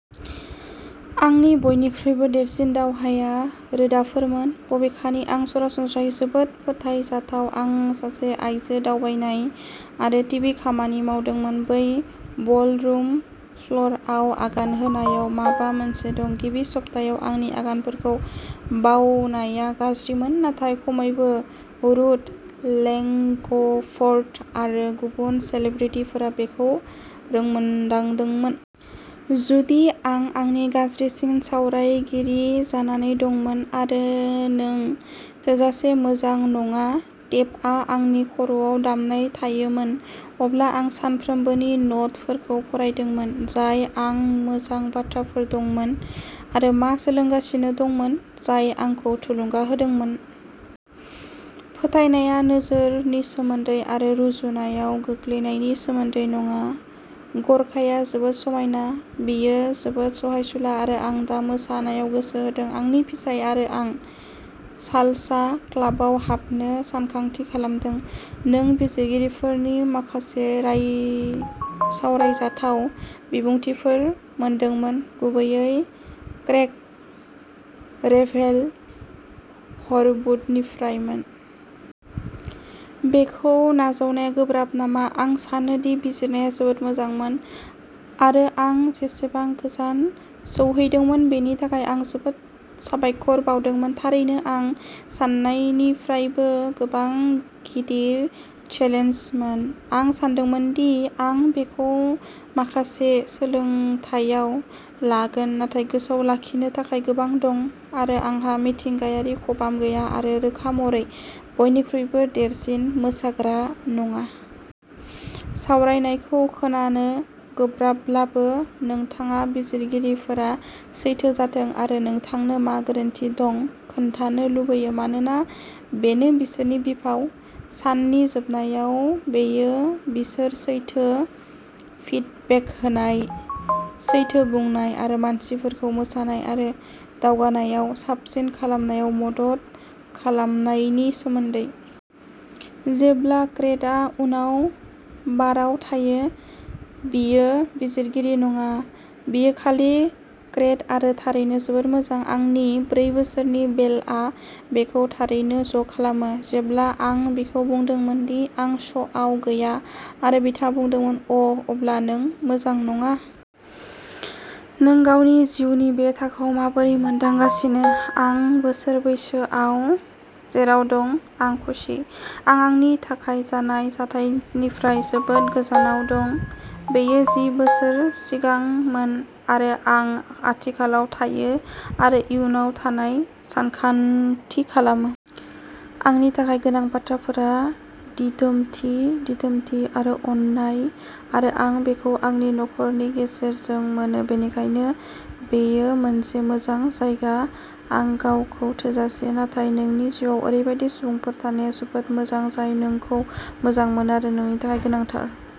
"आंनि बयनिख्रुइबो देरसिन दावहाया रोदाफोरमोन। बबेखानि आं सरासनस्रायै जोबोद फोथायजाथाव-आं सासे-आइजो दावबायनाय आरो टिभि खामानि मावदों-बै बलरुम फ्ल'रआव आगान होनायाव माबा मोनसे दं! गिबि सप्तायाव आंनि आगानफोरखौ बावनाया गाज्रिमोन, नाथाय खमैबो रुथ लेंग्सफर्ड बायदि गुबुन सेलिब्रिटिफोरा बेखौ रोंमोन्दांदोंमोन। " जुदि आं आंनि गावनि गाज्रिसिन सावरायगिरि जानानै दंमोन आरो'नों थोजासे मोजां नङा'टेपआ आंनि खर'आव दामबाय थायोमोन, अब्ला आं सानफ्रोमबोनि न'टफोरखौ फरायदोंमोन, जाय आं मोजां बाथ्राफोर दंमोन आरो मा सोलोंगासिनो दंमोन, जाय आंखौ थुलुंगा होदोंमोन। "फोथायनाया नोजोरनि सोमोन्दै आरो रुजुनायाव गोग्लैनायनि सोमोन्दै नङा। गर्काया जोबोद समायना, बियो जोबोद सहायसुला आरो आं दा मोसानायाव गोसो जादों। आंनि फिसाय आरो आं सालसा क्लाबाव हाबनो सानथांखि खालामदों। " नों बिजिरगिरिफोरनि माखासे सावरायजाथाव बिबुंथिफोर मोनदोंमोन, गुबैयै क्रेग रेभेल हरवुडनिफ्राय-मोन। बेखौ नाजावनाया गोब्राब नामा? "आं सानो दि बिजिरनाया जोबोद मोजांमोन, आरो आं जेसेबां गोजान सौहैदोंमोन बेनि थाखाय आं जोबोद साबायखर बावदोंमोन। थारैनो आं सान्नायनिफ्रायबो गोबां गिदिर चेलेन्जमोन। आं सानदोंमोन दि आं बेखौ माखासे सोलोंथायाव लागोन नाथाय गोसोआव लाखिनो थाखाय गोबां दं-आरो आंहा मिथिंगायारि खबाम गैया आरो रोखा महरै बयनिख्रुइबो देरसिन मोसाग्रा नङा! " सावरायनायखौ खोनानो गोब्राबब्लाबो, नोंथाङा बिजिरगिरिफोरा सैथो जाथों आरो नोंथांनो मा गोरोन्थि दं खोन्थानो लुगैयो मानोना बेनो बिसोरनि बिफाव। साननि जोबनायाव, बेयो बिसोर सैथो फिडबेक होनाय, सैथो बुंनाय आरो मानसिफोरखौ मोसानाय आरो दावगानायाव साबसिन खालामनायाव मदद खालामनायनि सोमोन्दै। "जेब्ला क्रेगआ उनाव बाराव थायो, बियो बिजिरगिरि नङा, बियो खालि क्रेग आरो थारैनो जोबोद मोजां। आंनि ब्रै बोसोरनि, बेलआ, बेखौ थारैनो ज'खालामो, जेब्ला आं बिखौ बुंदोंमोन दि आं श'आव गैया आरो बिथाङा बुंदोंमोन,'अ', अब्ला नों मोजां नङा! '"नों गावनि जिउनि बे थाखोआव माबोरै मोनदांगासिनो? " आं बोसोर बैसोआव जेराव दं आं खुसि। आं आंनि थाखाय जानाय जाथायनिफ्राय जोबोद गोजानाव दं-बेयो जि बोसोर सिगांमोन-आरो आं आथिखालाव थायो आरो इयुननि थाखाय सानथांखि खालामो। आंनि थाखाय गोनां बाथ्राफोरा दिदोमथि, दिदोमथि आरो अननाय, आरो आं बेखौ आंनि नखरनि गेजेरजों मोनो, बेनिखायनो बेयो मोनसे मोजां जायगा। "आं गावखौ-थोजासे, नाथाय नोंनि जिउआव ओरैबायदि सुबुंफोर थानाया जोबोद मोजां, जाय नोंखौ मोजां मोनो आरो नोंनि थाखाय गोनांथार।